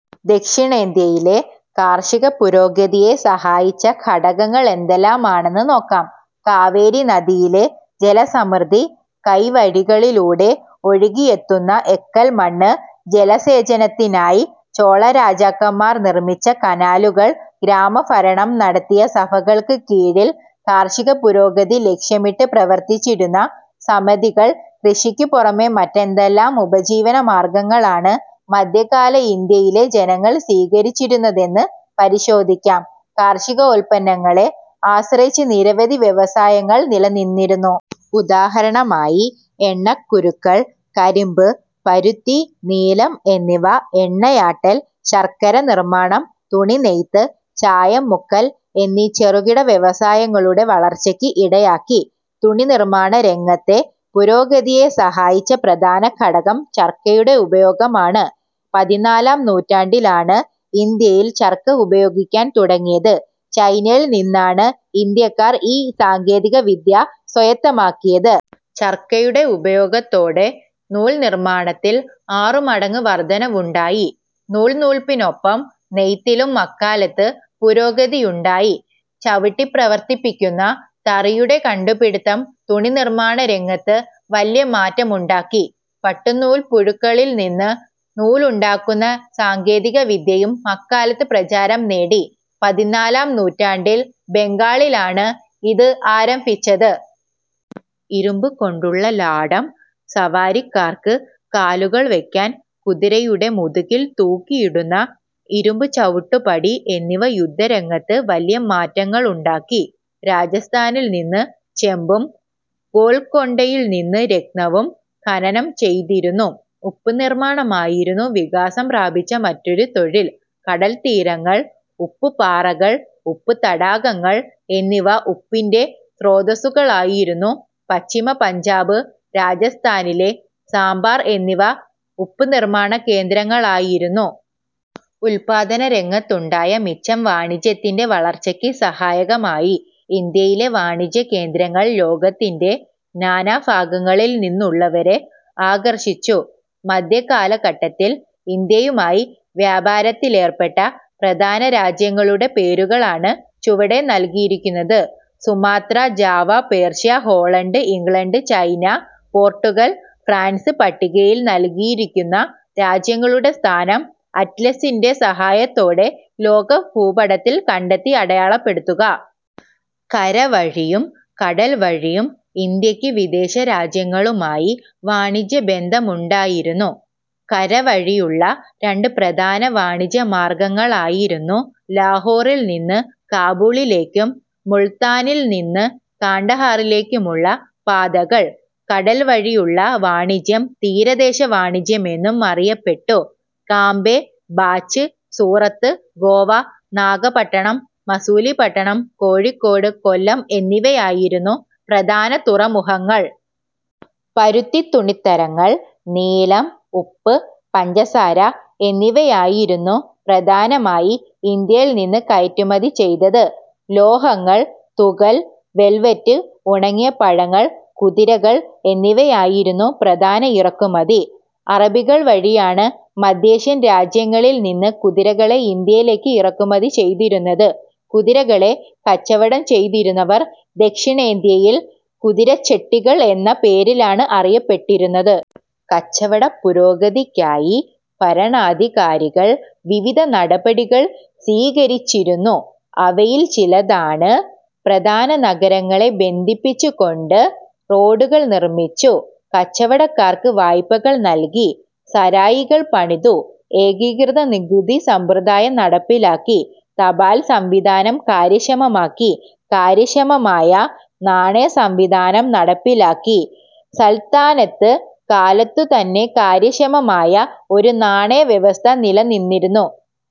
ദക്ഷിണേന്ത്യയിലെ കാർഷിക പുരോഗതിയെ സഹായിച്ച ഘടകങ്ങൾ എന്തെല്ലാമാണെന്ന് നോക്കാം. കാവേരിനദിയിലെ ജലസമൃദ്ധി. കൈവഴികളിലൂടെ ഒഴുകിയെത്തുന്ന എക്കൽമണ്ണ്. ജലസേചനത്തിനായി ചോളരാജാക്കന്മാർ നിർമിച്ച കനാലുകൾ. ഗ്രാമഭരണം നടത്തിയ സഭകൾക്ക് കീഴിൽ കാർഷികപുരോഗതി ലക്ഷ്യമിട്ട് പ്രവർത്തിച്ചിരുന്ന സമിതികൾ. കൃഷിക്ക് പുറമെ മറ്റെന്തെല്ലാം ഉപജീവനമാർഗങ്ങളാണ് മധ്യകാല ഇന്ത്യയിലെ ജനങ്ങൾ സ്വീകരിച്ചിരുന്നതെന്ന് പരിശോധിക്കാം കാർഷികോൽപ്പന്നങ്ങളെ ആശ്രയിച്ച് നിരവധി വ്യവസായങ്ങൾ നില നിന്നിരുന്നു. ഉദാഹരണമായി, എണ്ണക്കുരുക്കൾ, കരിമ്പ്, പരുത്തി, നീലം, എന്നിവ എണ്ണയാട്ടൽ, ശർക്കര നിർമാണം, തുണിനെയ്ത്ത്, ചായം മുക്കൽ എന്നീ ചെറുകിട വ്യവസായങ്ങളുടെ വളർച്ചയ്ക്ക് ഇടയാക്കി. തുണിനിർമാണരംഗത്തെ പുരോഗതിയെ സഹായിച്ച പ്രധാനഘടകം ചർക്കയുടെ ഉപയോഗമാണ്. പതിനാലാം നൂറ്റാണ്ടിലാണ് ഇന്ത്യയിൽ ചർക്ക ഉപയോഗിക്കാൻ തുടങ്ങിയത്. ചൈനയിൽ നിന്നാണ് ഇന്ത്യക്കാർ ഈ സാങ്കേതികവിദ്യ സ്വായത്തമാക്കിയത്. ചർക്കയുടെ ഉപയോഗത്തോടെ നൂൽ നിർമാണത്തിൽ ആറു മടങ്ങ് വർധനവുണ്ടായി. നൂൽ നൂൽപ്പിനൊപ്പം നെയ്ത്തിലും അക്കാലത്ത് പുരോഗതിയുണ്ടായി. ചവിട്ടി പ്രവർത്തിപ്പിക്കുന്ന തറിയുടെ കണ്ടു പിടിത്തം തുണി നിർമാണ രംഗത്ത് വലിയ മാറ്റമുണ്ടാക്കി. പട്ടുനൂൽപ്പുഴുക്കളിൽനിന്ന് നൂലുണ്ടാക്കുന്ന സാങ്കേതികവിദ്യയും അക്കാലത്ത് പ്രചാരം നേടി. പതിനാലാം നൂറ്റാണ്ടിൽ ബംഗാളിലാണ് ഇത് ആരംഭിച്ചത്. ഇരുമ്പു കൊണ്ടുള്ള ലാടം, സവാരിക്കാർക്ക് കാലുകൾ വയ്ക്കാൻ കുതിരയുടെ മുതുകിൽ തൂക്കിയിടുന്ന ഇരുമ്പു ചവിട്ടുപടി എന്നിവ യുദ്ധരംഗത്ത് വലിയ മാറ്റങ്ങളുണ്ടാക്കി. രാജസ്ഥാനിൽനിന്ന് ചെമ്പും ഗൊൽകൊണ്ടയിൽനിന്ന് രത്നവും ഖനനം ചെയ്തിരുന്നു. ഉപ്പുനിർമാണമായിരുന്നു വികാസം പ്രാപിച്ച മറ്റൊരു തൊഴിൽ. കടൽത്തീരങ്ങൾ, ഉപ്പുപാറകൾ, ഉപ്പുതടാകങ്ങൾ എന്നിവ ഉപ്പിന്റെ സ്രോതസ്സുകളായിരുന്നു. പശ്ചിമ പഞ്ചാബ്, രാജസ്ഥാനിലെ സമ്പാർ എന്നിവ ഉപ്പുനിർമാണകേന്ദ്രങ്ങളായിരുന്നു. ഉൽപാദനരംഗത്തുണ്ടായ മിച്ചം വാണിജ്യത്തിന്റെ വളർച്ചയ്ക്ക് സഹായകമായി. ഇന്ത്യയിലെ വാണിജ്യകേന്ദ്രങ്ങൾ ലോകത്തിന്റെ നാനാഭാഗങ്ങളിൽനിന്നുള്ളവരെ ആകർഷിച്ചു. മധ്യകാലഘട്ടത്തിൽ ഇന്ത്യയുമായി വ്യാപാരത്തിലേർപ്പെട്ട പ്രധാന രാജ്യങ്ങളുടെ പേരുകളാണ് ചുവടെ നൽകിയിരിക്കുന്നത്. Sumatra, Java, Persia, Holland, England, China, Portugal, France പട്ടികയിൽ നൽകിയിരിക്കുന്ന രാജ്യങ്ങളുടെ സ്ഥാനം അറ്റ്ലസിന്റെ സഹായത്തോടെ ലോകഭൂപടത്തിൽ കണ്ടെത്തി അടയാളപ്പെടുത്തുക. കരവഴിയും കടൽ വഴിയും ഇന്ത്യക്ക് വിദേശരാജ്യങ്ങളുമായി വാണിജ്യബന്ധമുണ്ടായിരുന്നു. കരവഴിയുള്ള രണ്ട് പ്രധാന വാണിജ്യമാർഗങ്ങളായിരുന്നു ലാഹോറിൽ നിന്ന് കാബൂളിലേക്കും മുൾത്താനിൽ നിന്ന് കാണ്ട ഹാറിലേക്കുമുള്ള പാതകൾ. കടൽ വഴിയുള്ള വാണിജ്യം തീരദേശ വാണിജ്യമെന്നും അറിയപ്പെട്ടു. കാംബെ, ബാച്ച്, സൂറത്ത്, ഗോവ, നാഗപട്ടണം, മസൂലിപട്ടണം, കോഴിക്കോട്, കൊല്ലം എന്നിവയായിരുന്നു പ്രധാന തുറമുഖങ്ങൾ. പരുത്തിത്തുണിത്തരങ്ങൾ, നീലം, ഉപ്പ്, പഞ്ചസാര എന്നിവയായിരുന്നു പ്രധാനമായി ഇന്ത്യയിൽ നിന്ന് കയറ്റുമതി ചെയ്തത്. ലോഹങ്ങൾ, തുകൽ, വെൽവെറ്റ്, ഉണങ്ങിയ പഴങ്ങൾ. കുതിരകൾ എന്നിവയായിരുന്നു പ്രധാന ഇറക്കുമതി. അറബികൾ വഴിയാണ് മധ്യേഷ്യൻ രാജ്യങ്ങളിൽ നിന്ന് കുതിരകളെ ഇന്ത്യയിലേക്ക് ഇറക്കുമതി ചെയ്തിരുന്നത്. കുതിരകളെ കച്ചവടം ചെയ്തിരുന്നവർ ദക്ഷിണേന്ത്യയിൽ കുതിരച്ചെട്ടികൾ എന്ന പേരിലാണ് അറിയപ്പെട്ടിരുന്നത്. കച്ചവടപുരോഗതിക്കായി ഭരണാധികാരികൾ വിവിധ നടപടികൾ സ്വീകരിച്ചിരുന്നു. അവയിൽ ചിലതാണ്. പ്രധാന നഗരങ്ങളെ ബന്ധിപ്പിച്ചുകൊണ്ട് റോഡുകൾ നിർമിച്ചു. കച്ചവടക്കാർക്ക് വായ്പകൾ നൽകി. സരായികൾ പണിതു. ഏകീകൃത നികുതി സമ്പ്രദായം നടപ്പിലാക്കി. തപാൽ സംവിധാനം കാര്യക്ഷമമാക്കി. കാര്യക്ഷമമായ നാണയസംവിധാനം നടപ്പിലാക്കി. സൽത്തനത്ത് കാലത്തുതന്നെ കാര്യക്ഷമമായ ഒരു നാണയവ്യവസ്ഥ നിലനിന്നിരുന്നു.